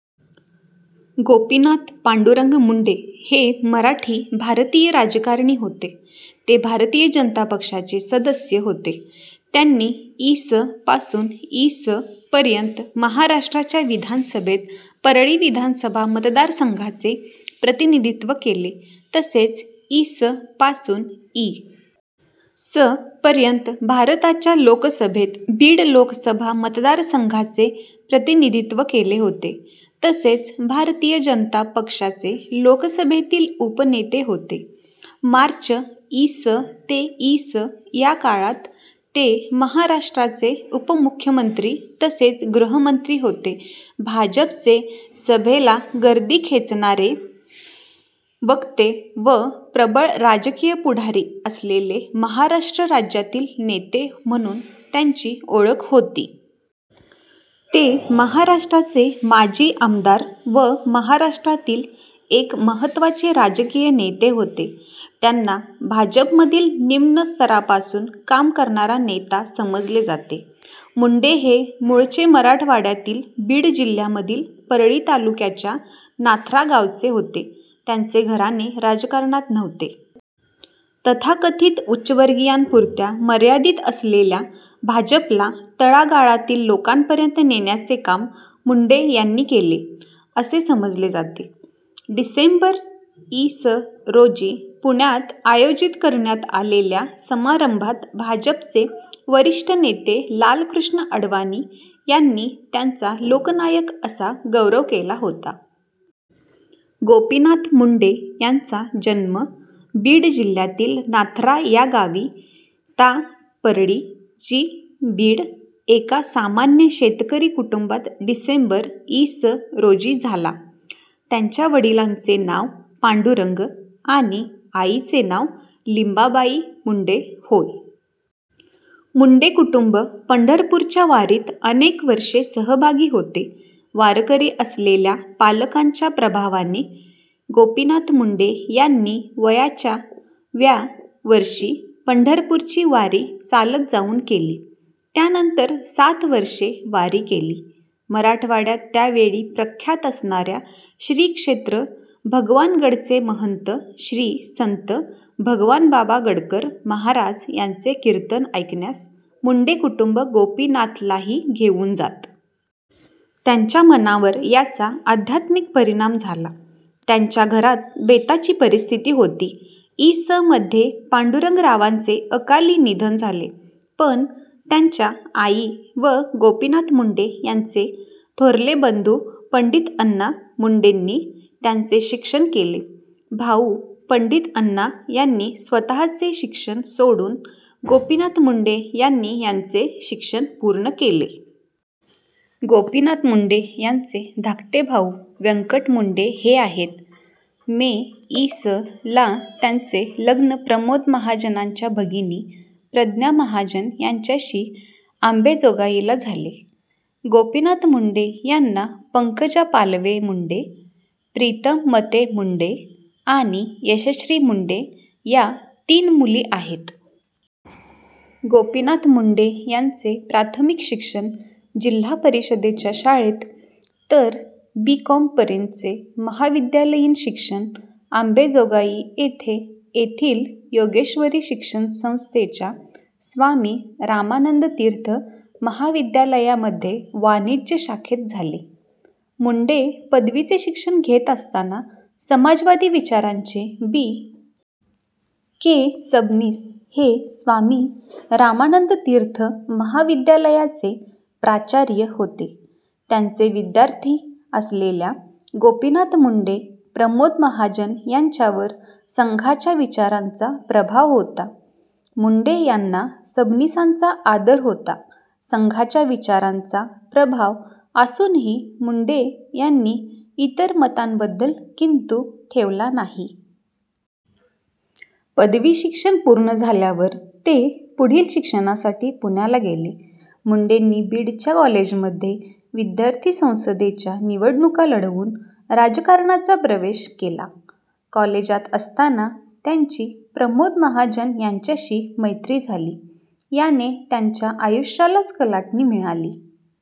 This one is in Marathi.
गोपीनाथ पांडुरंग मुंडे हे मराठी, भारतीय राजकारणी होते. ते भारतीय जनता पक्षाचे सदस्य होते. त्यांनी इ. स. पासून इ. स. पर्यंत महाराष्ट्राच्या विधानसभेत परळी विधानसभा मतदारसंघाचे प्रतिनिधित्व केले तसेच इ. स. पासून इ. स. पर्यंत भारताच्या लोकसभेत बीड लोकसभा मतदारसंघाचे प्रतिनिधित्व केले होते. तसेच भारतीय जनता पक्षाचे लोकसभेतील उपनेते होते. मार्च इ. स. ते इ. स. या काळात ते महाराष्ट्राचे उपमुख्यमंत्री तसेच गृहमंत्री होते. भाजपचे सभेला गर्दी खेचणारे वक्ते व प्रबळ राजकीय पुढारी असलेले महाराष्ट्र राज्यातील नेते म्हणून त्यांची ओळख होतीे. ते महाराष्ट्राचे माजी आमदार व महाराष्ट्रातील एक महत्त्वाचे राजकीय नेते होते. त्यांना भाजपमधील निम्न स्तरापासून काम करणारा नेता समजले जाते. मुंडे हे मूळचे मराठवाड्यातील बीड जिल्ह्यामधील परळी तालुक्याच्या नाथ्रा गावचे होते. त्यांचे घराणे राजकारणात नव्हते. तथाकथित उच्चवर्गीयांपुरत्या मर्यादित असलेल्या भाजपला तळागाळातील लोकांपर्यंत नेण्याचे काम मुंडे यांनी केले, असे समजले जाते. डिसेंबर, इ. स. रोजी पुण्यात आयोजित करण्यात आलेल्या समारंभात भाजपचे वरिष्ठ नेते लालकृष्ण अडवाणी यांनी त्यांचा लोकनायक असा गौरव केला होता. गोपीनाथ मुंडे यांचा जन्म बीड जिल्ह्यातील नाथ्रा या गावी ता. परळी, जि. बीड एका सामान्य शेतकरी कुटुंबात डिसेंबर, इ. स. रोजी झाला. त्यांच्या वडिलांचे नाव पांडुरंग आणि आईचे नाव लिंबाबाई मुंडे होय. मुंडे कुटुंब पंढरपूरच्या वारीत अनेक वर्षे सहभागी होते. वारकरी असलेल्या पालकांच्याप्रभावाने गोपीनाथ मुंडे यांनी वयाच्या व्या वर्षी पंढरपूरची वारी चालत जाऊन केली. त्यानंतर सात वर्षे वारी केली. मराठवाड्यात त्या वेळी प्रख्यात असणाऱ्या श्रीक्षेत्र भगवानगडचे महंत श्री संत भगवानबाबा गडकर महाराज यांचे कीर्तन ऐकण्यास मुंडे कुटुंब गोपीनाथलाही घेऊन जात. त्यांच्या मनावर याचा आध्यात्मिक परिणाम झाला. त्यांच्या घरात बेताची परिस्थिती होती. इ. स. मध्ये पांडुरंगरावांचे अकाली निधन झाले, पण त्यांच्या आई व गोपीनाथ मुंडे यांचे थोरले बंधू पंडितअण्णा मुंडेनी त्यांचे शिक्षण केले. भाऊ पंडितअण्णा यांनी स्वतःचे शिक्षण सोडून गोपीनाथ मुंडे यांनी यांचे शिक्षण पूर्ण केले. गोपीनाथ मुंडे यांचे धाकटे भाऊ व्यंकट मुंडे हे आहेत. मे, इ. स. ला त्यांचे लग्न प्रमोद महाजनांच्या भगिनी प्रज्ञा महाजन यांच्याशी आंबेजोगाईला झाले. गोपीनाथ मुंडे यांना पंकजा पालवे -मुंडे, प्रीतम मते-मुंडे आणि यशश्री मुंडे या तीन मुली आहेत. गोपीनाथ मुंडे यांचे प्राथमिक शिक्षण जिल्हापरिषदेच्या शाळेत तर बी. कॉम. पर्यंतचे महाविद्यालयीन शिक्षण आंबेजोगाई येथे येथील योगेश्वरी शिक्षण संस्थेच्या स्वामी रामानंद तीर्थ महाविद्यालयामध्ये वाणिज्य शाखेते झाले. मुंडे पदवीचे शिक्षण घेत असताना समाजवादी विचारांचे बी. के. सबनीस हे स्वामी रामानंद तीर्थ महाविद्यालयाचे प्राचार्य होते. त्यांचे विद्यार्थी असलेल्या गोपीनाथ मुंडे, प्रमोद महाजन यांच्यावर संघाच्या विचारांचा प्रभाव होता. मुंडे यांना सबनीसांचा आदर होता. संघाच्या विचारांचा प्रभाव असूनही मुंडे यांनी इतर मतांबद्दल किंतु ठेवला नाही. पदवीशिक्षण पूर्ण झाल्यावर ते पुढील शिक्षणासाठी पुण्याला गेले. मुंडेंनी बीडच्या कॉलेजमध्ये विद्यार्थी संसदेच्या निवडणुका लढवून राजकारणाचा प्रवेश केला. कॉलेजात असतांना त्यांची प्रमोद महाजन यांच्याशी मैत्री झाली. याने त्यांच्या आयुष्यालाच कलाटणी मिळाली.